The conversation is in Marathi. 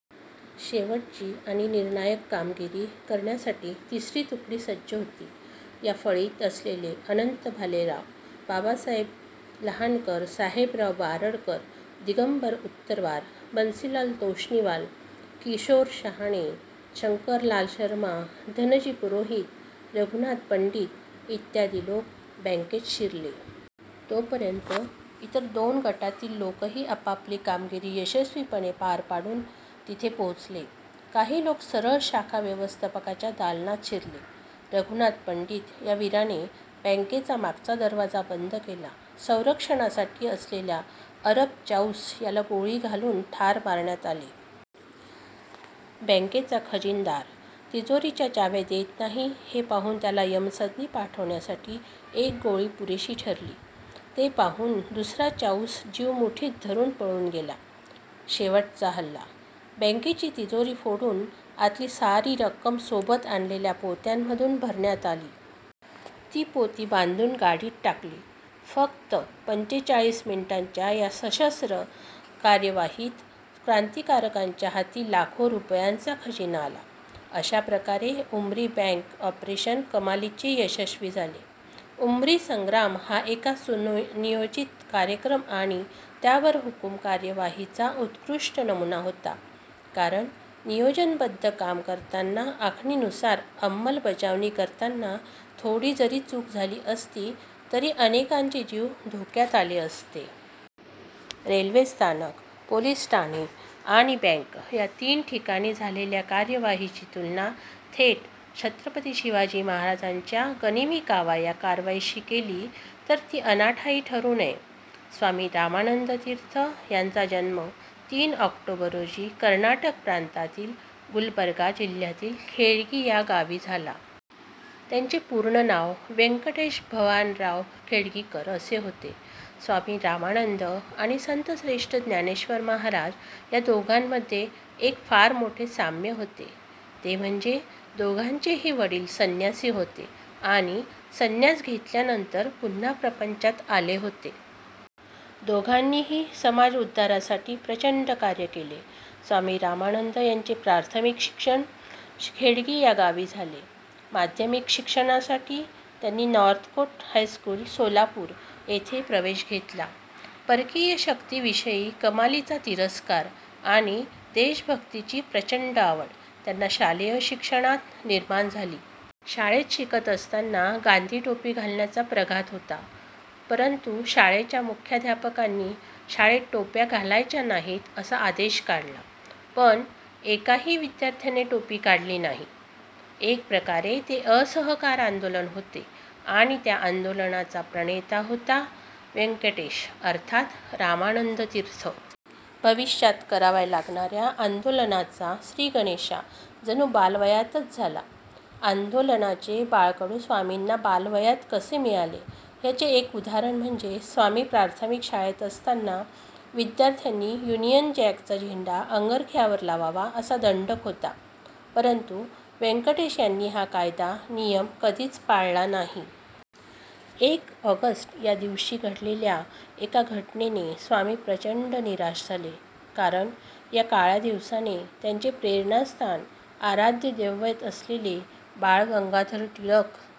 शेवटची आणि निर्णायक कामगिरी करण्यासाठी तिसरी तुकडी सज्ज होती. या फळीत असलेले अनंत भालेराव, बाबासाहेब लहानकर, साहेबराव बारडकर, दिगंबर उत्तरवार, बन्सीलाल तोष्णीवाल, किशोर शहाणे, शंकरलाल शर्मा, धनजी पुरोहित, रघुनाथ पंडित इत्यादी लोक बँकेत शिरले. तोपर्यंत इतर दोन गटातील लोकही आपापली कामगिरी यशस्वीपणे पार पाडून तिथे पोहोचले. काही लोक सरळ शाखा व्यवस्थापकाच्या दालनात शिरले. रघुनाथ पंडित या वीराने बँकेचा मागचा दरवाजा बंद केला. संरक्षणासाठी असलेल्या अरब चाऊस याला गोळी घालून ठार मारण्यात आले. बँकेचा खजिनदार तिजोरीच्या चाव्या देत नाही हे पाहून त्याला यमसदनी पाठविण्यासाठी एक गोळी पुरेशी ठरली. ते पाहून दुसरा चाऊस जीव मुठीत धरून पळून गेला. शेवटचा हल्ला! बँकेची तिजोरी फोडून आतली सारी रक्कम सोबत आणलेल्या पोत्यांमधून भरण्यात आली. ती पोती बांधून गाडीत टाकली. फक्त पंचेचाळीस मिनिटांच्या या सशस्त्र कार्यवाहीत क्रांतिकारकांच्या हाती लाखो रुपयांचा खजिना आला. अशाप्रकारे उमरी बँक ऑपरेशन कमालीचे यशस्वी झाले. उमरी संग्राम हा एका सु सुनियोजित कार्यक्रम आणि त्यावरहुकूम कार्यवाहीचा उत्कृष्ट नमुना होता, कारण नियोजनबद्ध काम करताना, आखणीनुसार अंमलबजावणी करताना, थोडी जरी चूक झाली असती, तरी अनेकांचे जीव धोक्यात आले असते. रेल्वेस्थानक, पोलीस ठाणे आणि बँक या तीन ठिकाणी झालेल्या कार्यवाहीची तुलना थेट छत्रपती शिवाजी महाराजांच्या गनिमी कावा या कारवाईशी केली, तर ती अनाठायी ठरू नये. स्वामी रामानंद तीर्थ यांचा जन्म तीन ऑक्टोबर रोजी कर्नाटक प्रांतातील गुलबर्गा जिल्ह्यातील खेडगी या गावी झाला. त्यांचे पूर्ण नाव व्यंकटेश भवानराव खेडगीकर असे होते. स्वामी रामानंद आणि संतश्रेष्ठ ज्ञानेश्वर महाराज या दोघांमध्ये एक फार मोठे साम्य होते, ते म्हणजे दोघांचेही वडील संन्यासी होते आणि संन्यास घेतल्यानंतर पुन्हा प्रपंचात आले होते. दोघांनीही समाज उद्धारासाठी प्रचंड कार्य केले. स्वामी रामानंद यांचे प्राथमिक शिक्षण खेडगी या गावी झाले. माध्यमिक शिक्षणासाठी त्यांनी नॉर्थकोट हायस्कूल सोलापूर, येथे प्रवेश घेतला. परकीय शक्तीविषयी कमालीचा तिरस्कार आणि देशभक्तीची प्रचंड आवड त्यांना शालेय शिक्षणात निर्माण झाली. शाळेत शिकत असताना, गांधी टोपी घालण्याचा प्रघात होता, परंतु शाळेच्या मुख्याध्यापकांनी शाळेत टोप्या घालायच्या नाहीत असा आदेश काढला. पण एकाही विद्यार्थ्याने टोपी काढली नाही. एकप्रकारे ते असहकार आंदोलन होते आणि त्या आंदोलनाचा प्रणेता होता व्यंकटेश अर्थात रामानंद तीर्थ. भविष्यात कराव्या लागणाऱ्या आंदोलनाचा श्रीगणेशा जणू बालवयातच झाला. आंदोलनाचे बाळकडू स्वामींना बालवयात कसे मिळाले, ह्याचे एक उदाहरण म्हणजे स्वामी प्राथमिक शाळेत असताना विद्यार्थ्यांनी युनियन जॅकचा झेंडा अंगरख्यावर लावावा असा दंडक होता, परंतु व्यंकटेश यांनी हा कायदा, नियम कधीच पाळला नाही. एक ऑगस्ट या दिवशी घडलेल्या एका घटनेने स्वामी प्रचंड निराश झाले, कारण या काळ्या दिवसाने त्यांचे प्रेरणास्थान, आराध्य दैवेत असलेले बाळ गंगाधर टिळक.